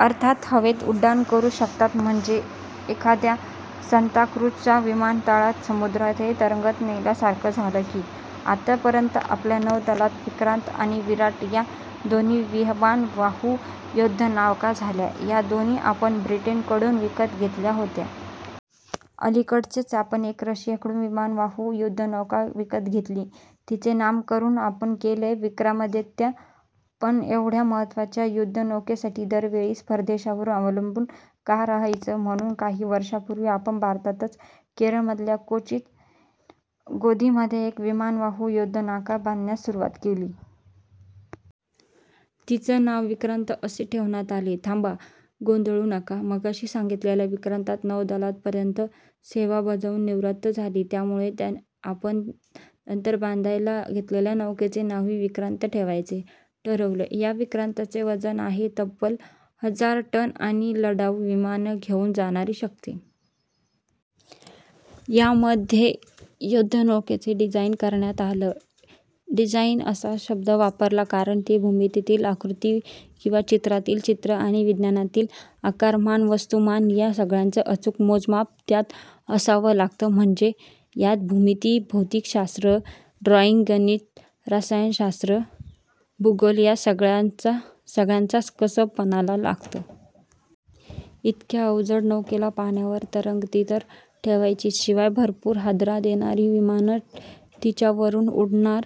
अर्थात हवेत उड्डाण करू शकतात. हे म्हणजे एखादा सांताक्रूझचा विमानतळ समुद्रातून तरंगत नेल्यासारखंच झालं की. आतापर्यंत आपल्या नौदलात विक्रांत आणि विराट या दोन विमानवाहू युध्दनौका झाल्या. या दोन्ही आपण ब्रिटनकडून विकत घेतल्या होत्या. अलीकडेच आपण एक रशियाकडून विमानवाहू युध्दनौका विकत घेतली, तिचं नामकरण आपण केलंय विक्रमादित्य. पण एवढ्या महत्त्वाच्या युध्दनौकेसाठी दरवेळी परदेशावर अवलंबून का रहायचं. म्हणून काही वर्षांपूर्वी आपण भारतातच केरळमधल्या कोचीन गोदीमध्ये एक विमानवाहू युध्दनौका बांधण्यास सुरुवात केली. तिचंही नाव विक्रांत असंच ठेवण्यात आलं. थांबा, गोंधळू नका. मघाशी सांगितलेली विक्रांत नौदलात पर्यंत सेवा बजावून निवृत्त झाली. त्यामुळे आपण नंतर स्वतः बांधायला घेतलेल्या नौकेचं नावही विक्रांत ठेवायचं ठरवलं. या विक्रांतचं वजन आहे तब्बल हजार टन आणि ती लढाऊ विमानं घेऊन जाऊ शकते. मध्ये या युध्दनौकेचं डिझाईन तयार करण्यात आलं. डिझाइन असाच शब्द वापरला, कारण ते भूमितीतील आकृती किंवा चित्रातील चित्र आणि विज्ञानातील आकारमान, वस्तुमान या सगळ्याचं अचूक मोजमाप त्यात असावं लागतं. म्हणजे यात भूमिती, भौतिकशास्त्र, ड्रॉइंग, गणित, रसायनशात्र, भूगोल या सगळ्या सगळ्याचं कसब पणाला लागतं. इतक्या अवजड नौकेला पाण्यावर तरंगती तर ठेवायचीच, शिवाय भरपूर हादरा देणारी विमानं तिच्यावरून उडणार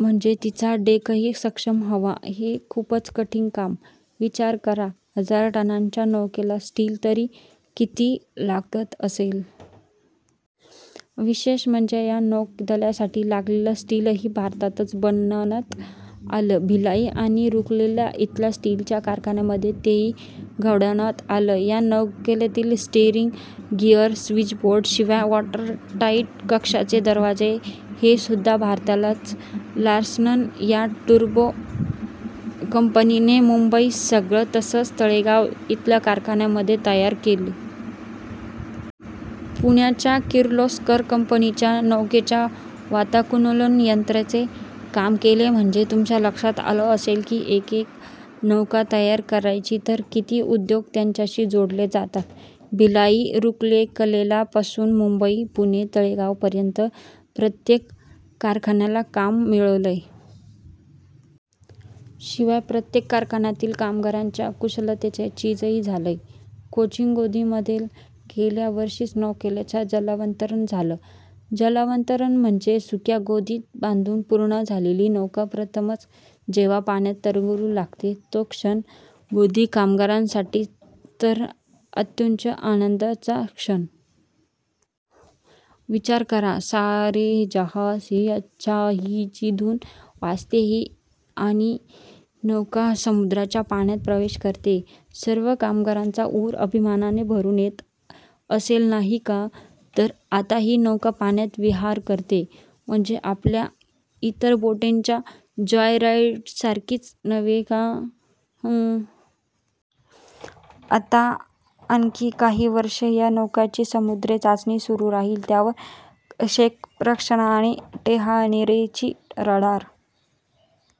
म्हणजे तिचा डेकही सक्षम हवा... हे खूपच कठीण काम. विचार करा हजार टनांच्या नौकेला स्टील तरी किती लागत असेल. विशेष म्हणजे या नौकेसाठी लागलेलं स्टीलही भारतातच बनवण्यात आलं. भिलाई आणि रुरकेला इथल्या स्टीलच्या कारखान्यांमध्ये ते घडवण्यात आलं. या नौकेतले स्टीअरिंग गिअर, स्वीचबोर्ड शिवाय वॉटरटाइट कक्षांचे दरवाजे हेसुध्दा भारतातल्याच लार्सन आणि टुब्रो कंपनीने मुंबई तसंच तळेगाव इथल्या कारखान्यांमध्ये तयार केले. पुण्याच्या किर्लोस्कर कंपनीने नौकेच्या वातानुकूलन यंत्रणेचं काम केलं. म्हणजे तुमच्या लक्षात आलं असेल की एकेक नौका तयार करायची, तर किती उद्योग त्याच्याशी जोडले जातात. भिलाई, रुरकेलापासून मुंबई, पुणे, तळेगावपर्यंत प्रत्येक कारखान्याला काम मिळालंय. शिवाय प्रत्येक कारखान्यातील कामगारांच्या कुशलतेचं चीजही झालंय. कोचीन गोदीमध्ये गेल्याच वर्षी या नौकेचं जलावतरण झालं. जलावतरण म्हणजे सुक्या गोदीत बांधून पूर्ण झालेली नौका प्रथमच जेव्हा पाण्यात तरंगू लागते, तो क्षण. गोदी कामगारांसाठी तर हा अत्युच्च आनंदाचा क्षण. विचार करा, सारे जहाँ से अच्छा ची धून वाजतेय आणि ही नौका समुद्राच्या पाण्यात प्रवेश करतेय. सर्व कामगारांचा ऊर अभिमानाने भरून येत असेल नाही का. तर आता ही नौका पाण्यात विहार करतेय, म्हणजे आपल्या इतर बोटींच्या जॉयराइडसारखी नव्हे हं. आता आणखी काही वर्षं या नौकेची समुद्री चाचणी सुरू राहील, त्यावर क्षेपणास्त्रे, टेहळणीची रडार